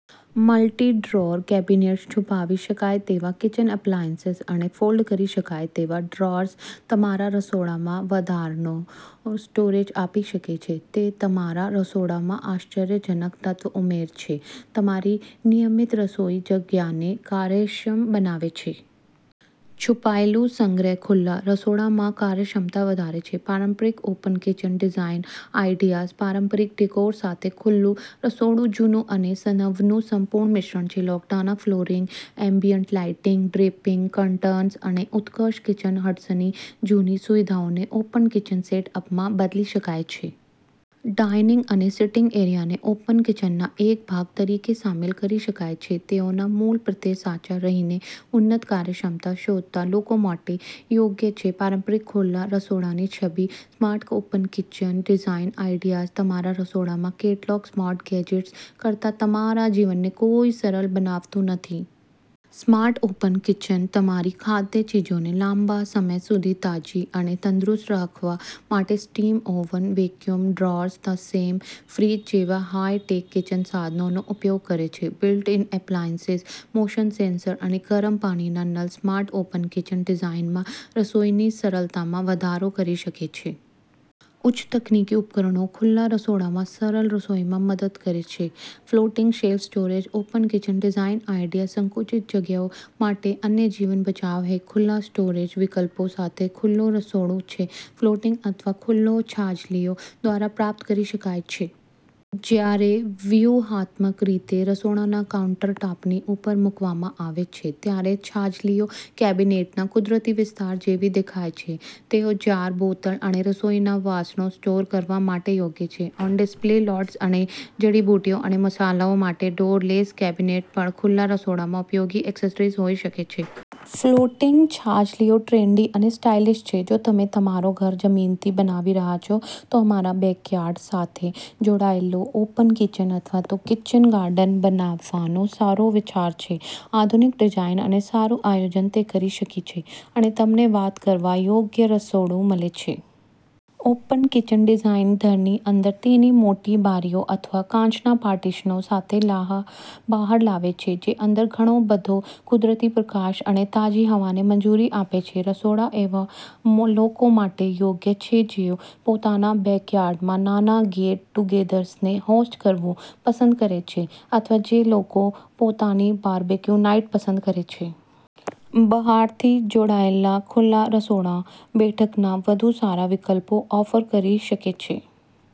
Multi-drawer cabinets, છુપાવી શકાય તેવા કિચન એપ્લાયન્સ અને ફોલ્ડ કરી શકાય તેવા ડ્રોઅર્સ તમારા રસોડામાં વધારાનો સ્ટોરેજ આપી શકે છે. તે તમારા રસોડામાં આશ્ચર્યજનક તત્વ ઉમેરે છે. તમારી નિયમિત રસોઈ જગ્યાને કાર્યક્ષમ બનાવે છે. છુપાયેલ સંગ્રહ ખુલ્લા રસોડામાં કાર્યક્ષમતા વધારે છે. પરંપરાગત ઓપન કિચન ડિઝાઇન આઇડિયાઝ પરંપરાગત ડેકોર સાથે ખુલ્લું રસોડું જૂના અને નવાનું સંપૂર્ણ મિશ્રણ છે. લાકડાના flooring, ambient lighting, draping curtains અને ઉત્કૃષ્ટ કિચન હૂડ્સની જૂની સુવિધાઓને ઓપન કિચન સેટ-અપમાં બદલી શકાય છે. ડાઇનિંગ અને સીટિંગ એરિયાને ઓપન કિચનના એક ભાગ તરીકે સામેલ કરી શકાય છે. તેમના મૂળ પ્રત્યે સાચા રહીને ઉન્નત કાર્યક્ષમતા શોધતા લોકો માટે યોગ્ય છે. પરંપરાગત ખુલ્લા રસોડાની છબી smart open kitchen design ideas તમારા રસોડામાં કેટલાક સ્માર્ટ ગેજેટ્સ કરતાં તમારા જીવનને કંઈ સરળ બનાવતું નથી. સ્માર્ટ ઓપન કિચન તમારી ખાદ્ય ચીજોને લાંબા સમય સુધી તાજી અને તંદુરસ્ત રાખવા માટે સ્ટીમ ઓવન, વેક્યુમ ડ્રોઅર્સ તેમજ ફ્રીજ જેવા હાઇ-ટેક કિચન સાધનોનો ઉપયોગ કરે છે. બિલ્ટ-ઇન એપ્લાયન્સિસ, મોશન-સેન્સર અને ગરમ પાણીના નળ સ્માર્ટ ઓપન કિચન ડિઝાઇનમાં રસોઈની સરળતામાં વધારો કરી શકે છે. ઉચ્ચ તકનીકી ઉપકરણો ખુલ્લા રસોડામાં સરળ રસોઈમાં મદદ કરે છે. Floating shelf storage open kitchen design idea સંકુચિત જગ્યાઓ માટે અન્ય જીવન-બચાવ હેક ખુલ્લા સ્ટોરેજ વિકલ્પો સાથે ખુલ્લું રસોડું છે. ફ્લોટિંગ અથવા ખુલ્લા છાજલીઓ દ્વારા પ્રાપ્ત કરી શકાય છે. જ્યારે વ્યૂહાત્મક રીતે રસોડાના કાઉંટરટૉપની ઉપર મૂકવામાં આવે છે, ત્યારે છાજલીઓ કેબિનેટના કુદરતી વિસ્તરણ જેવા દેખાય છે. તેઓ જાર, બોટલ અને રસોઈના વાસણો સ્ટોર કરવા માટે યોગ્ય છે. ઓન-ડિસ્પ્લે લાર્ડર્સ અને જડીબુટ્ટીઓ અને મસાલાઓ માટે ડોર-લેસ કેબિનેટ પણ ખુલ્લા રસોડામાં ઉપયોગી એક્સેસરીઝ હોઈ શકે છે. ફ્લોટિંગ છાજલીઓ ટ્રેન્ડી અને સ્ટાઇલિશ છે. જો તમે તમારું ઘર જમીનથી બનાવી રહ્યા છો, તો તમારા બેકયાર્ડ સાથે જોડાયેલ ઓપન કિચન અથવા તો કિચન ગાર્ડન બનાવવાનો સારો વિચાર છે. આધુનિક ડિઝાઇન અને સારું આયોજન તે કરી શકે છે, અને તમને વાત કરવા યોગ્ય રસોડું મળે છે. ઓપન કિચન ડિઝાઈન ઘરની અંદર તેની મોટી બારીઓ અથવા કાચના પાર્ટીશનો સાથે બહાર લાવે છે જે અંદર ઘણી બધી કુદરતી પ્રકાશ અને તાજી હવાને મંજૂરી આપે છે. રસોડા એવા લોકો માટે યોગ્ય છે કે જેઓ તેમના બેકયાર્ડમાં નાના ગેટ-ટુગેધર્સને હોસ્ટ કરવાનું પસંદ કરે છે અથવા જે લોકો તેમની બાર્બેક નાઇટ પસંદ કરે છે. બહારથી જોડાયેલા ખુલ્લા રસોડા બેઠકના વધુ સારા વિકલ્પો ઓફર કરી શકે છે.